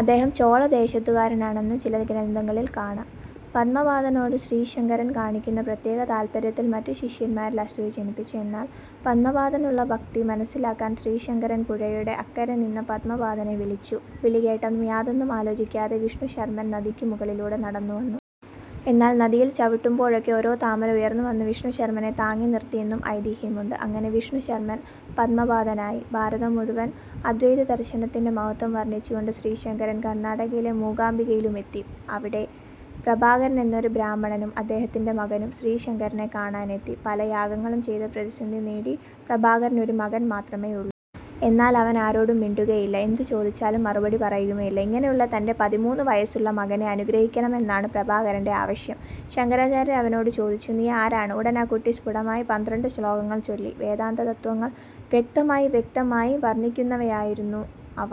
അദ്ദേഹം ചോള ദേശത്തുകാരനാണെന്നും ചില ഗ്രന്ഥങ്ങളിൽ കാണാം. പദ്മപാദനോട് ശ്രീശങ്കരൻ കാണിക്കുന്ന പ്രത്യേക താല്പര്യത്തിൽ മറ്റ് ശിഷ്യന്മാരിൽ അസൂയ ജനിപ്പിച്ചു. എന്നാൽ പദ്മപാദനുള്ള ഭക്തി മനസ്സിലാക്കാൻ ശ്രീശങ്കരൻ പുഴയുടെ അക്കരെ നിന്ന പദ്മപാദനെ വിളിച്ചു. വിളി കേട്ടതും യാതൊന്നും ആലോചിക്കാതെ വിഷ്ണുശർമ്മൻ നദിക്ക് മുകളിലൂടെ നടന്ന് വന്നു. എന്നാൽ നദിയിൽ ചവിട്ടുമ്പോഴൊക്കെ ഓരോ താമര ഉയർന്ന് വന്ന് വിഷ്ണുശർമ്മനെ താങ്ങി നിർത്തി എന്നും ഐതിഹ്യമുണ്ട്. അങ്ങനെ വിഷ്ണുശർമ്മൻ പദ്മപാദനായി. ഭാരതം മുഴുവൻ അദ്വൈതദർശനത്തിന്റെ മഹത്ത്വം വർണ്ണിച്ചു കൊണ്ട് ശ്രീശങ്കരൻ കർണ്ണാടകയിലെ മൂകാംബികയിലുമെത്തി. അവിടെ പ്രഭാകരൻ എന്നൊരു ബ്രാഹ്മണനും അദ്ദേഹത്തിന്റെ മകനും ശ്രീശങ്കരനെ കാണാനെത്തി. പല യാഗങ്ങളും ചെയ്ത പ്രസിദ്ധി നേടിയ പ്രഭാകരന് ഒരു മകൻ മാത്രമേയുള്ളു. എന്നാൽ അവൻ ആരോടും മിണ്ടുകയില്ല; എന്ത് ചോദിച്ചാലും മറുപടി പറയുകയുമില്ല. ഇങ്ങനെയുള്ള തന്റെ പതിമൂന്ന് വയസ്സുള്ള മകനെ അനുഗ്രഹിക്കണമെന്നാണ് പ്രഭാകരന്റെ ആവശ്യം. ശങ്കരാചാര്യർ അവനോട് ചോദിച്ചു "നീ ആരാണ്? " ഉടൻ ആ കുട്ടി സ്ഫുടമായി പന്ത്രണ്ട് ശ്ലോകങ്ങൾ ചൊല്ലി. വേദാന്തതത്ത്വങ്ങൾ വ്യക്തമായി വ്യക്തമായി വർണ്ണിക്കുന്നവയായിരുന്നു അവ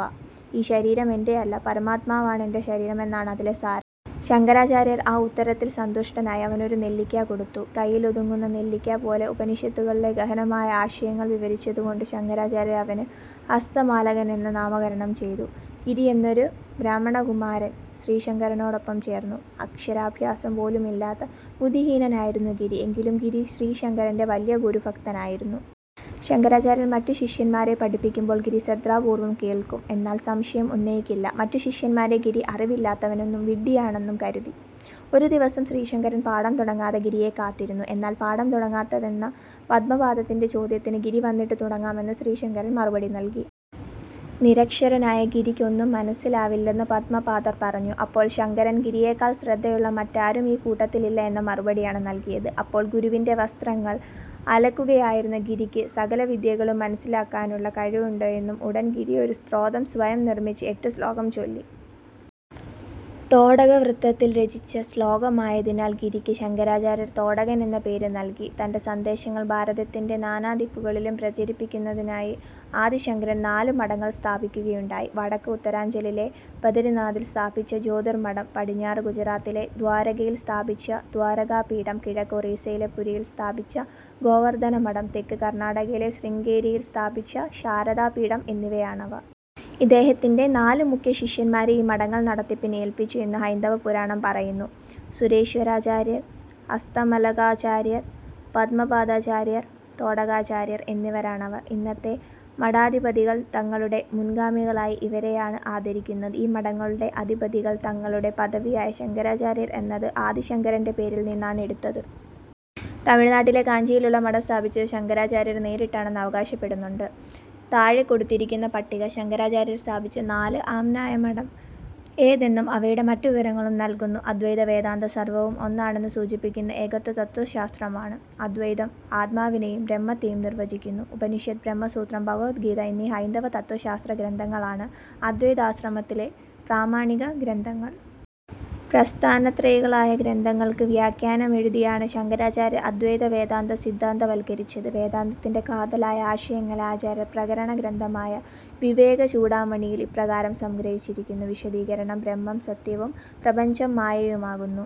ഈ ശരീരം എന്റെയല്ല പരമാത്മാവാണ് എന്റെ ശരീരം എന്നാണ് അതിലെ സാരം. ശങ്കരാചാര്യർ ആ ഉത്തരത്തിൽ സന്തുഷ്ടനായി അവനൊരു നെല്ലിക്ക കൊടുത്തു. കൈയിലൊതുങ്ങുന്ന നെല്ലിക്ക പോലെ ഉപനിഷത്തുകളിലെ ഗഹനമായ ആശയങ്ങൾ വിവരിച്ചതു കൊണ്ട് ശങ്കരാചാര്യർ അവന് ഹസ്തമാലകൻ എന്ന് നാമകരണം ചെയ്തു. ഗിരി എന്നൊരു ബ്രാഹ്മണകുമാരൻ ശ്രീശങ്കരനോടൊപ്പം ചേർന്നു. അക്ഷരാഭ്യാസം പോലുമില്ലാത്ത ബുദ്ധിഹീനനായിരുന്നു ഗിരി. എങ്കിലും ഗിരി ശ്രീശങ്കരന്റെ വലിയ ഗുരു ഭക്തനായിരുന്നു. ശങ്കരാചാര്യർ മറ്റ് ശിഷ്യന്മാരെ പഠിപ്പിക്കുമ്പോൾ ഗിരി ശ്രദ്ധാപൂർവം കേൾക്കും. എന്നാൽ സംശയം ഉന്നയിക്കില്ല. മറ്റ് ശിഷ്യന്മാർ ഗിരി അറിവില്ലാത്തവനും വിഡ്ഢിയാണെന്ന് കരുതി. ഒരു ദിവസം ശ്രീശങ്കരൻ പാഠം തുടങ്ങാതെ ഗിരിയെ കാത്തിരുന്നു. എന്താണ് പാഠം തുടങ്ങാത്തതെന്ന പദ്മപാദന്റെ ചോദ്യത്തിന് ഗിരി വന്നിട്ട് തുടങ്ങാമെന്ന് ശ്രീശങ്കരൻ മറുപടി നൽകി. നിരക്ഷരനായ ഗിരിക്ക് ഒന്നും മനസ്സിലാവില്ലെന്ന് പദ്മപാദർ പറഞ്ഞു. അപ്പോൾ ശങ്കരൻ ഗിരിയേക്കാൾ ശ്രദ്ധയുള്ള മറ്റാരും ഈ കൂട്ടത്തിലില്ല എന്ന മറുപടിയാണ് നൽകിയത്. അപ്പോൾ ഗുരുവിന്റെ വസ്ത്രങ്ങൾ അലക്കുകയായിരുന്ന ഗിരിക്ക് സകലവിദ്യകളും മനസ്സിലാക്കാനുള്ള കഴിവുണ്ടായെന്നും ഉടൻ ഗിരി ഒരു സ്തോത്രം സ്വയം നിർമ്മിച്ച് എട്ട് ശ്ലോകം ചൊല്ലി. തോടകവൃത്തത്തിൽ രചിച്ച ശ്ലോകമായതിനാൽ ഗിരിക്ക് ശങ്കരാചാര്യർ തോടകൻ എന്ന പേര് നൽകി. തന്റെ സന്ദേശങ്ങൾ ഭാരതത്തിന്റെ നാനാദിക്കുകളിലും പ്രചരിപ്പിക്കുന്നതിനായി ആദിശങ്കരൻ നാലു മഠങ്ങൾ സ്ഥാപിക്കുകയുണ്ടായി. വടക്ക് ഉത്തരാഞ്ചലിലെ ബദരിനാഥിൽ സ്ഥാപിച്ച ജ്യോതിർമഠം, പടിഞ്ഞാറ് ഗുജറാത്തിലെ ദ്വാരകയിൽ സ്ഥാപിച്ച ദ്വാരകാപീഠം, കിഴക്ക് ഒറീസ്സയിലെപുരിയിൽ സ്ഥാപിച്ച ഗോവർദ്ധനമഠം, തെക്ക് കർണാടകയിലെ ശൃംഗേരിയിൽ സ്ഥാപിച്ച ശാരദാപീഠം എന്നിവയാണവ. ഇദ്ദേഹത്തിന്റെ നാലു മുഖ്യ ശിഷ്യന്മാരെ ഈ മഠങ്ങൾ നടത്തിപ്പിന് ഏൽപ്പിച്ചു എന്ന് ഹൈന്ദവ പുരാണം പറയുന്നു. സുരേശ്വരാചാര്യർ, ഹസ്താമലകാചാര്യർ, പദ്മപാദാചാര്യർ തോടകാചാര്യർ എന്നിവരാണവർ. ഇന്നത്തെ മഠാധിപതികൾ തങ്ങളുടെ മുൻഗാമികളായി ഇവരെയാണ് ആദരിക്കുന്നത്. ഈ മഠങ്ങളുടെ അധിപതികൾ തങ്ങളുടെ പദവിയായ ശങ്കരാചാര്യർ എന്നത് ആദിശങ്കരന്റെ പേരിൽ നിന്നാണ് എടുത്തത്. തമിഴ്നാട്ടിലെ കാഞ്ചിയിലുള്ള മഠം സ്ഥാപിച്ചത് ശങ്കരാചാര്യർ നേരിട്ടാണെന്ന് അവകാശപ്പെടുന്നുണ്ട്. താഴെക്കൊടുത്തിരിക്കുന്ന പട്ടിക, ശങ്കരാചാര്യർ സ്ഥാപിച്ച നാലു ആമ്നായ മഠങ്ങൾ ഏതെന്നും അവയുടെ മറ്റ് വിവരങ്ങളും നൽകുന്നു. അദ്വൈതവേദാന്തം സർവ്വവും ഒന്നാണെന്നു സൂചിപ്പിക്കുന്ന ഏകത്വ തത്ത്വശാസ്ത്രമാണു്. അദ്വൈതം ആത്മാവിനേയും ബ്രഹ്മത്തേയും നിർവചിക്കുന്നു. ഉപനിഷത്ത്, ബ്രഹ്മസൂത്രം, ഭഗവദ്ഗീത എന്നീ ഹൈന്ദവ തത്ത്വശാസ്ത്രഗ്രന്ഥങ്ങളാണു് അദ്വൈതാശ്രമത്തിലെ പ്രാമാണിക ഗ്രന്ഥങ്ങൾ. പ്രസ്ഥാനത്രയികളായ ഗ്രന്ഥങ്ങൾക്കു വ്യാഖ്യാനമെഴുതിയാണു ശങ്കരാചാര്യൻ അദ്വൈതവേദാന്തം സിദ്ധാന്തവൽക്കരിച്ചതു്. വേദാന്തത്തിന്റെ കാതലായ ആശയങ്ങളെ ആചാര്യൻ പ്രകരണഗ്രന്ഥമായ വിവേകചൂഡാമണിയിൽ ഇപ്രകാരം സംഗ്രഹിച്ചിരിക്കുന്നു: വിശദീകരണം: ബ്രഹ്മം സത്യവും, പ്രപഞ്ചം മായയുമാകുന്നു,